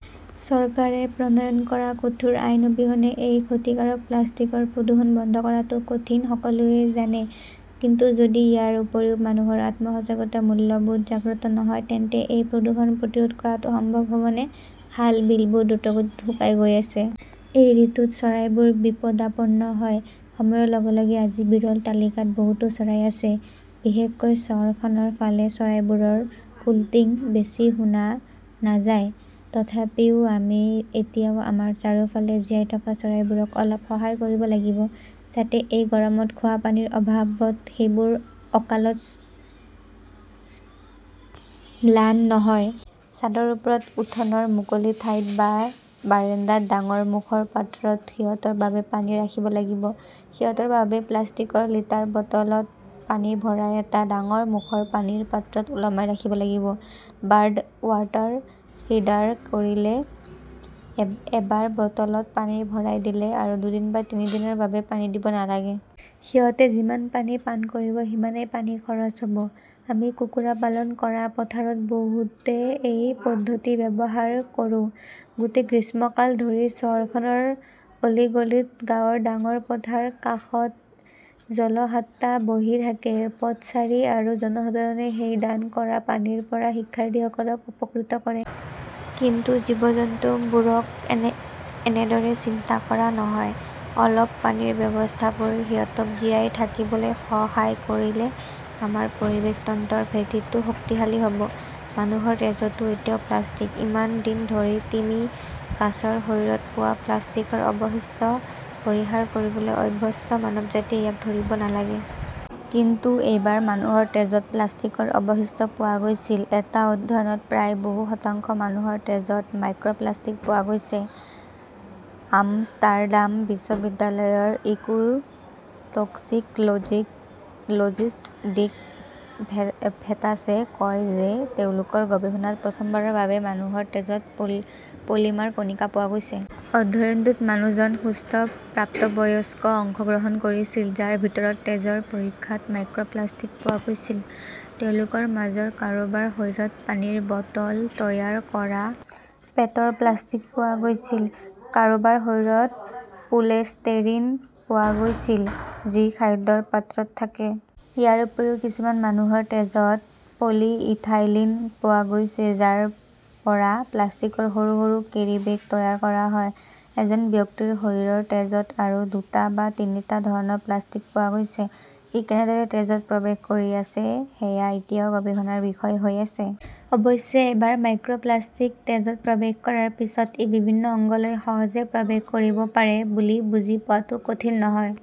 চৰকাৰে প্ৰণয়ন কৰা কঠোৰ আইন অবিহনে এই ক্ষতিকাৰক প্লাষ্টিকৰ প্ৰদূষণ বন্ধ কৰাটো কঠিন, সকলোৱে জানে। কিন্তু যদি ইয়াৰ উপৰিও মানুহৰ আত্ম-সজাগতা, মূল্যবোধ জাগ্ৰত নহয়, তেন্তে এই প্ৰদূষণ প্ৰতিৰোধ কৰাটো সম্ভৱ হ'বনে? খাল, বিলবোৰ দ্ৰুতগতিত শুকাই গৈ আছে। এই ঋতুত চৰাইবোৰ বিপদাপন্ন হয়। সময়ৰ লগে লগে আজি বিৰল তালিকাত বহুতো চৰাই আছে। বিশেষকৈ চহৰখনৰ ফালে চৰাইবোৰৰ কোল্টিং বেছি শুনা নাযায়। তথাপিও আমি এতিয়াও আমাৰ চাৰিওফালে জীয়াই থকা চৰাইবোৰক অলপ সহায় কৰিব লাগিব যাতে এই গৰমত খোৱা পানীৰ অভাৱত সেইবোৰ অকালত ম্লান নহয়। ছাদৰ ওপৰত, উঠোনৰ মুকলি ঠাইত বা বাৰাণ্ডাত ডাঙৰ মুখৰ পাত্ৰত সিহঁতৰ বাবে পানী ৰাখিব লাগিব। সিহঁতৰ বাবে প্লাষ্টিকৰ লিটাৰ বটলত পানী ভৰাই এটা ডাঙৰ মুখৰ পানীৰ পাত্ৰত ওলমাই ৰাখিব লাগিব। বাৰ্ড ৱাটাৰ ফিডাৰ কৰিলে এবাৰ বটলত পানী ভৰাই দিলে আৰু দুদিন বা তিনি দিনৰ বাবে পানী দিব নালাগে। সিহঁতে যিমান পানী পান কৰিব সিমানেই পানী খৰচ হ'ব। আমি কুকুৰা পালন কৰা পথাৰত বহুতে এই পদ্ধতি ব্যৱহাৰ কৰো। গোটেই গ্ৰীষ্মকাল ধৰি চহৰখনৰ অলি গলিত, গাঁৱৰ ডাঙৰ পথৰ কাষত জলসাট্ৰা বহি থাকে। পথচাৰী আৰু জনসাধাৰণে সেই দান কৰা পানীৰ পৰা শিক্ষাৰ্থীসকলক উপকৃত কৰে। কিন্তু জীৱ-জন্তুবোৰক এনেদৰে চিন্তা কৰা নহয়। অলপ পানীৰ ব্যৱস্থা কৰি সিহঁতক জীয়াই থাকিবলৈ সহায় কৰিলে আমাৰ পৰিৱেশ তন্ত্ৰৰ ভেটিটো শক্তিশালী হ'ব। মানুহৰ তেজতো এতিয়া প্লাষ্টিক। ইমান দিন ধৰি তিমি, কাছৰ শৰীৰত পোৱা প্লাষ্টিকৰ অৱশিষ্ট পৰিহাৰ কৰিবলৈ অভ্যস্ত মানৱজাতিয়ে ইয়াক ধৰিব নালাগে। কিন্তু এইবাৰ মানুহৰ তেজত প্লাষ্টিকৰ অৱশিষ্ট পোৱা গৈছিল। এটা অধ্যয়নত প্ৰায় বহু‌ শতাংশ মানুহৰ তেজত মাইক্ৰপ্লাষ্টিক পোৱা গৈছে। আমষ্টাৰডাম বিশ্ববিদ্যালয়ৰ ইকোটক্সিক'লজিষ্ট ডিক ভেথাচে কয় যে তেওঁলোকৰ গৱেষণাত প্ৰথমবাৰৰ বাবে মানুহৰ তেজত পলিমাৰ কণিকা পোৱা গৈছে। অধ্যয়নটোত মানুহজন সুস্থ প্ৰাপ্তবয়স্ক অংশগ্ৰহণ কৰিছিল, যাৰ ভিতৰত তেজৰ পৰীক্ষাত মাইক্ৰপ্লাষ্টিক পোৱা গৈছিল। তেওঁলোকৰ মাজৰ কাৰোবাৰ শৰীৰত পানীৰ বটল তৈয়াৰ কৰা পেটৰ প্লাষ্টিক পোৱা গৈছিল, কাৰোবাৰ শৰীৰত পোলেষ্টেৰিন পোৱা গৈছিল, যি খাদ্যৰ পাত্ৰত থাকে। ইয়াৰ উপৰিও কিছুমান মানুহৰ তেজত পলিইথাইলিন পোৱা গৈছে, যাৰ পৰা প্লাষ্টিকৰ সৰু সৰু কেৰী বেগ তৈয়াৰ কৰা হয়। এজন ব্যক্তিৰ শৰীৰৰ তেজত আৰু দুটা বা তিনিটা ধৰণৰ প্লাষ্টিক পোৱা গৈছে। ই কেনেদৰে তেজত প্ৰৱেশ কৰি আছে সেয়া এতিয়াও গৱেষণাৰ বিষয় হৈ আছে। অৱশ্যে, এবাৰ মাইক্ৰপ্লাষ্টিক তেজত প্ৰৱেশ কৰাৰ পিছত, ই বিভিন্ন অংগলৈ সহজে প্ৰৱেশ কৰিব পাৰে বুলি বুজি পোৱাটো কঠিন নহয়।